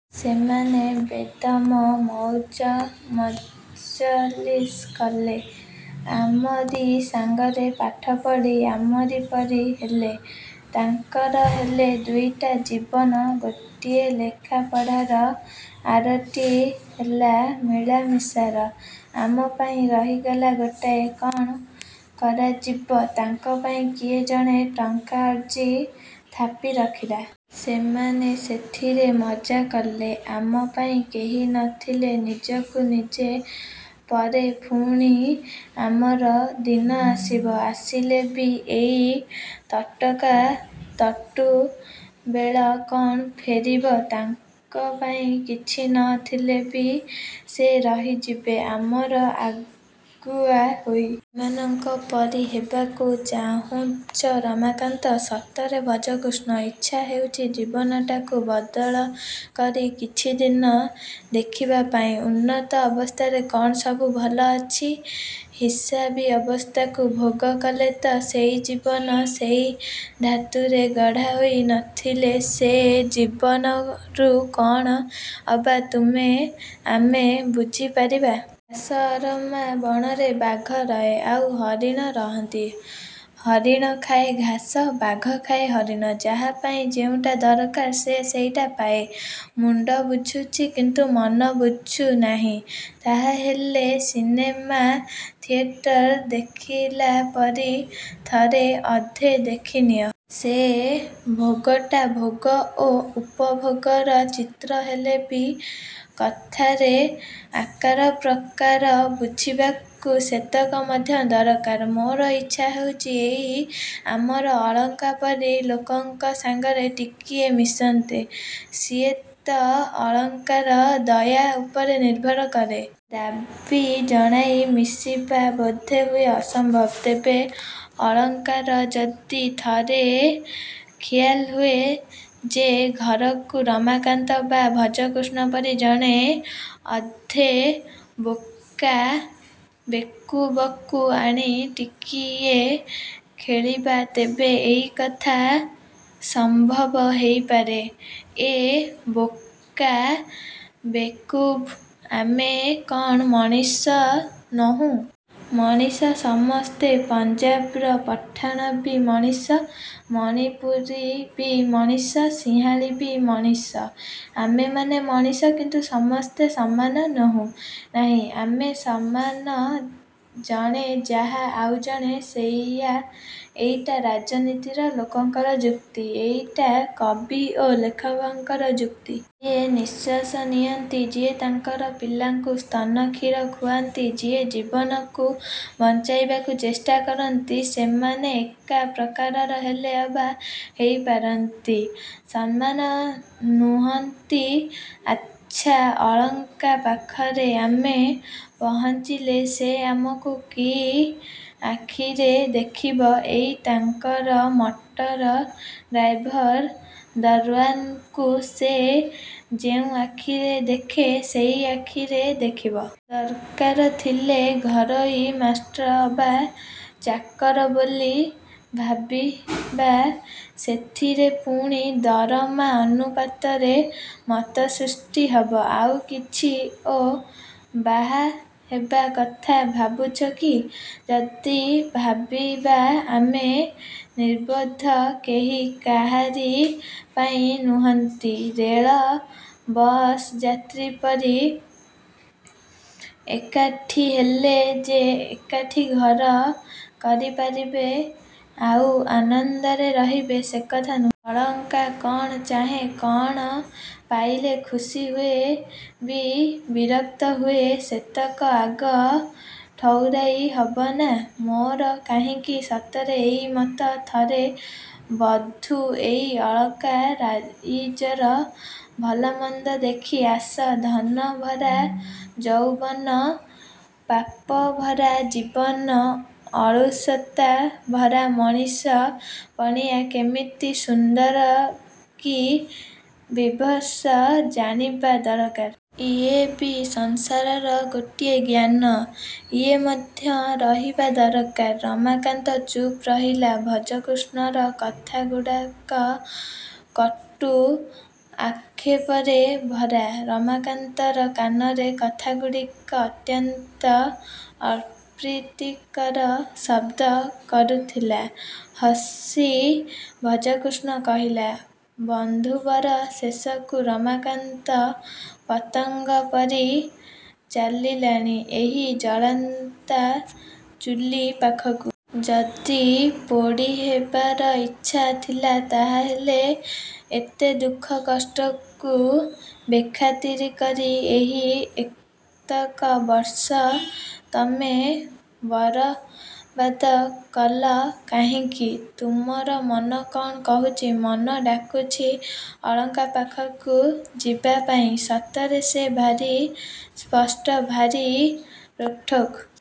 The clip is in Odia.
ସେମାନେ ବେଦମ ମଉଜମଜଲିସ କଲେ। ଆମରି ସାଙ୍ଗରେ ପାଠ ପଢ଼ି ଆମରି ପରି ହେଲେ। ତାଙ୍କର ହେଲା ଦୁଇଟା ଜୀବନ-ଗୋଟିଏ ଲେଖାପଢ଼ାର, ଆରଟି ହେଲା ମିଳାମିଶାର। ଆମ ପାଇଁ ରହିଗଲା ଗୋଟିଏ। -କ'ଣ କରାଯିବ? ତାଙ୍କ ପାଇଁ କିଏ ଜଣେ ଟଙ୍କା ଅର୍ଜି ଥାପି ରଖିଲା। ସେମାନେ ସେଥିରେ ମଜ୍ଜା କଲେ। ଆମ ପାଇଁ କେହି ନ ଥିଲା-ନିଜକୁ ନିଜେ। ପରେ ପୁଣି ଆମର ଦିନ ଆସିବ। -ଆସିଲେ ବି ଏଇ ତଟକା ତଟୁ ବେଳ କ'ଣ ଫେରିବ? ତାଙ୍କ ପାଇଁ କିଛି ନ ଥିଲେ ବି ସେ ରହିଯିବେ ଆମର ଆଗୁଆ ହୋଇ। -ସେମାନଙ୍କ ପରି ହେବାକୁ ଚାହୁଁଛ ରମାକାନ୍ତ? -ସତରେ ଭଜକୃଷ୍ଣ। ଇଚ୍ଛା ହେଉଛି ଜୀବନଟାକୁ ବଦଳ କରି କିଛି ଦିନ ଦେଖିବା ପାଇଁ-। ଉନ୍ନତ୍ତ ଅବସ୍ଥାରେ କ'ଣ ସବୁ ଭଲ ଅଛି? ହିସାବୀ ଅବସ୍ଥାକୁ ଭୋଗ କଲେ ତ-ସେଇ ଜୀବନ-? -ସେଇ ଧାତୁରେ ଗଢ଼ା ହୋଇ ନ ଥିଲେ ସେ ଜୀବନରୁ କ'ଣ ଅବା ତୁମେ ଆମେ ବୁଝିପାରିବା? ଘାସ ଅରମା ବଣରେ ବାଘ ରହେ, ଆଉ ହରିଣ ରହନ୍ତି। ହରିଣ ଖାଏ ଘାସ-ବାଘ ଖାଏ ହରିଣ। ଯାହା ପାଇଁ ଯେଉଁଟା ଦରକାର ସେ ସେଇଟା ପାଏ। -ମୁଣ୍ଡ ବୁଝୁଛି; କିନ୍ତୁ ମନ ବୁଝୁ ନାହିଁ। -ତାହାହେଲେ ସିନେମା ଥିଏଟର ଦେଖିଲା ପରି ଥରେ ଅଧେ ଦେଖି ନିଅ। ସେ ଭୋଗଟା ଭୋଗ ଓ ଉପଭୋଗର ଚିତ୍ର। ହେଲେ ବି କଥାର ଆକାର ପ୍ରକାର ବୁଝିବାକୁ ସେତକ ମଧ୍ୟ ଦରକାର। -ମୋର ଇଚ୍ଛା ହେଉଛି ଏଇ ଆମର ଅଳକା ପରି ଲୋକଙ୍କ ସାଙ୍ଗରେ ଟିକିଏ ମିଶନ୍ତେ-। -ସିଏ ତ ଅଳକାର ଦୟା ଉପରେ ନିର୍ଭର କରେ। ଦାବୀ ଜଣାଇ ମିଶିବା ବୋଧହୁଏ ଅସମ୍ଭବ। ତେବେ ଅଳକାର ଯଦି ଥରେ ଖିଆଲ ହୁଏ ଯେ, ଘରକୁ ରମାକାନ୍ତ ବା ଭଜକୃଷ୍ଣ ପରି ଜଣେ ଅଧେ ବୋକା ବେକୁବଙ୍କୁ ଆଣି ଟିକିଏ ଖେଳିବା-ତେବେ ଏଇ କଥା ସମ୍ଭବ ହେଇପାରେ। -ଏଁ, ବୋକା ବେକୁବ୍? -ଆମେ କ'ଣ ମଣିଷ ନୋହୁଁ? -ମଣିଷ ସମସ୍ତେ। ପଞ୍ଜାବର ପଠାଣ ବି ମଣିଷ, ମଣିପୁରୀ ବି ମଣିଷ, ସିଂହଳୀ ବି ମଣିଷ। ଆମେମାନେ ମଣିଷ; କିନ୍ତୁ ସମସ୍ତେ ସମାନ ନୋହୁଁ। -ନାହିଁ, ଆମେ ସମାନ। ଜଣେ ଯାହା-ଆଉ ଜଣେ ସେଇଆ। -ଏଇଟା ରାଜନୀତିର ଲୋକଙ୍କର ଯୁକ୍ତି। ଏଇଟା କବି ଓ ଲେଖକଙ୍କର ଯୁକ୍ତି। ଯିଏ ନିଶ୍ୱାସ ନିଅନ୍ତି, ଯିଏ ତାଙ୍କର ପିଲାଙ୍କୁ ସ୍ତନକ୍ଷୀର ଖୁଆନ୍ତି, ଯିଏ ଜୀବନକୁ ବଞ୍ଚାଇବାକୁ ଚେଷ୍ଟା କରନ୍ତି। ସେମାନେ ଏକା ପ୍ରକାରର ହେଲେ ଅବା ହେଇ ପାରନ୍ତି, ସମାନ ନୁହଁନ୍ତି। -ଆଚ୍ଛା, ଅଳକା ପାଖରେ ଆମେ ପହଞ୍ଚିଲେ ସେ ଆମକୁ କି ଆଖିରେ ଦେଖିବ? -ଏଇ ତାଙ୍କର ମଟର ଡ୍ରାଇଭର, ଦରଓ୍ୱାନକୁ ସେ ଯେଉଁ ଆଖିରେ ଦେଖେ ସେଇ ଆଖିରେ ଦେଖିବ। ଦରକାର ଥିଲେ ଘରୋଇ ମାଷ୍ଟ୍ର ଅବା ଚାକର ବୋଲି ଭାବିବ।। ସେଥିରେ ପୁଣି ଦରମା ଅନୁପାତରେ ମତ ସୃଷ୍ଟି ହବ। -ଆଉ କିଛି? -ଓ, ବାହା ହେବା କଥା ଭାବୁଛ କି? -ଯଦି ଭାବିବା। -ଆମେ ନିର୍ବୋଧ। କେହି କାହାରି ପାଇଁ ନୁହଁନ୍ତି। ରେଳ ବସ୍ର ଯାତ୍ରୀ ପରି ଏକାଠି ହେଲେ ଯେ ଏକାଠି ଘର କରିପାରିବେ ଆଉ ଆନନ୍ଦରେ ରହିବେ ସେ କଥା ନୁହେଁ। ଅଳକା କ'ଣ ଚାହେଁ, କ'ଣ ପାଇଲେ ଖୁସି ହୁଏ କି ବିରକ୍ତ ହୁଏ ସେତକ ଆଗ ଠଉରାଇ ହବନାଁ? -ମୋର କାହିଁକି ସତରେ ଏଇ ମତ। -ଥରେ ବନ୍ଧୁ ଏଇ ଅଳକା ରାଇଜର ଭଲମନ୍ଦ ଦେଖି ଆସ-ଧନଭରା ଯୌବନ, ପାପଭରା ଜୀବନ, କଳୁଷତା-ଭରା ମଣିଷ-ପଣିଆ-। କେମିତି ସୁନ୍ଦର କି ବୀଭତ୍ସ ଜାଣିବା ଦରକାର। ଇଏ ବି ସଂସାରର ଗୋଟାଏ ଜ୍ଞାନ। ଇଏ ମଧ୍ୟ ରହିବା ଦରକାର। ରମାକାନ୍ତ ଚୁପ୍ ରହିଲା-ଭଜକୃଷ୍ଣର କଥାଗୁଡ଼ିକ କଟୁ ଆକ୍ଷେପରେ ଭରା। ରମାକାନ୍ତର କାନରେ କଥାଗୁଡ଼ିକ ଅତ୍ୟନ୍ତ ଅପ୍ରୀତିକର ଶବ୍ଦ କରୁଥିଲା। ହସି ଭଜକୃଷ୍ଣ କହିଲା-ବନ୍ଧୁବର! ଶେଷକୁ ରମାକାନ୍ତ ପତଙ୍ଗ ପରି ଚାଲିଲାଣି ଏହି ଜଳନ୍ତା ଚୁଲି ପାଖକୁ। ଯଦି ପୋଡ଼ି ହେବାର ଇଚ୍ଛା ଥିଲା ତାହାହେଲେ ଏତେ ଦୁଃଖ କଷ୍ଟକୁ ବେଖାତିର କରି ଏହି ଏତକ ବର୍ଷ ତମେ ବରବାଦ କଲ କାହିଁକି? ତୁମର ମନ କ'ଣ କହୁଛି? -ମନ ଡାକୁଛି ଅଳକା ପାଖକୁ ଯିବା ପାଇଁ। ସତରେ ସେ ଭାରି ସ୍ପଷ୍ଟ-ଭାରି ରୋକ୍ଠୋକ୍।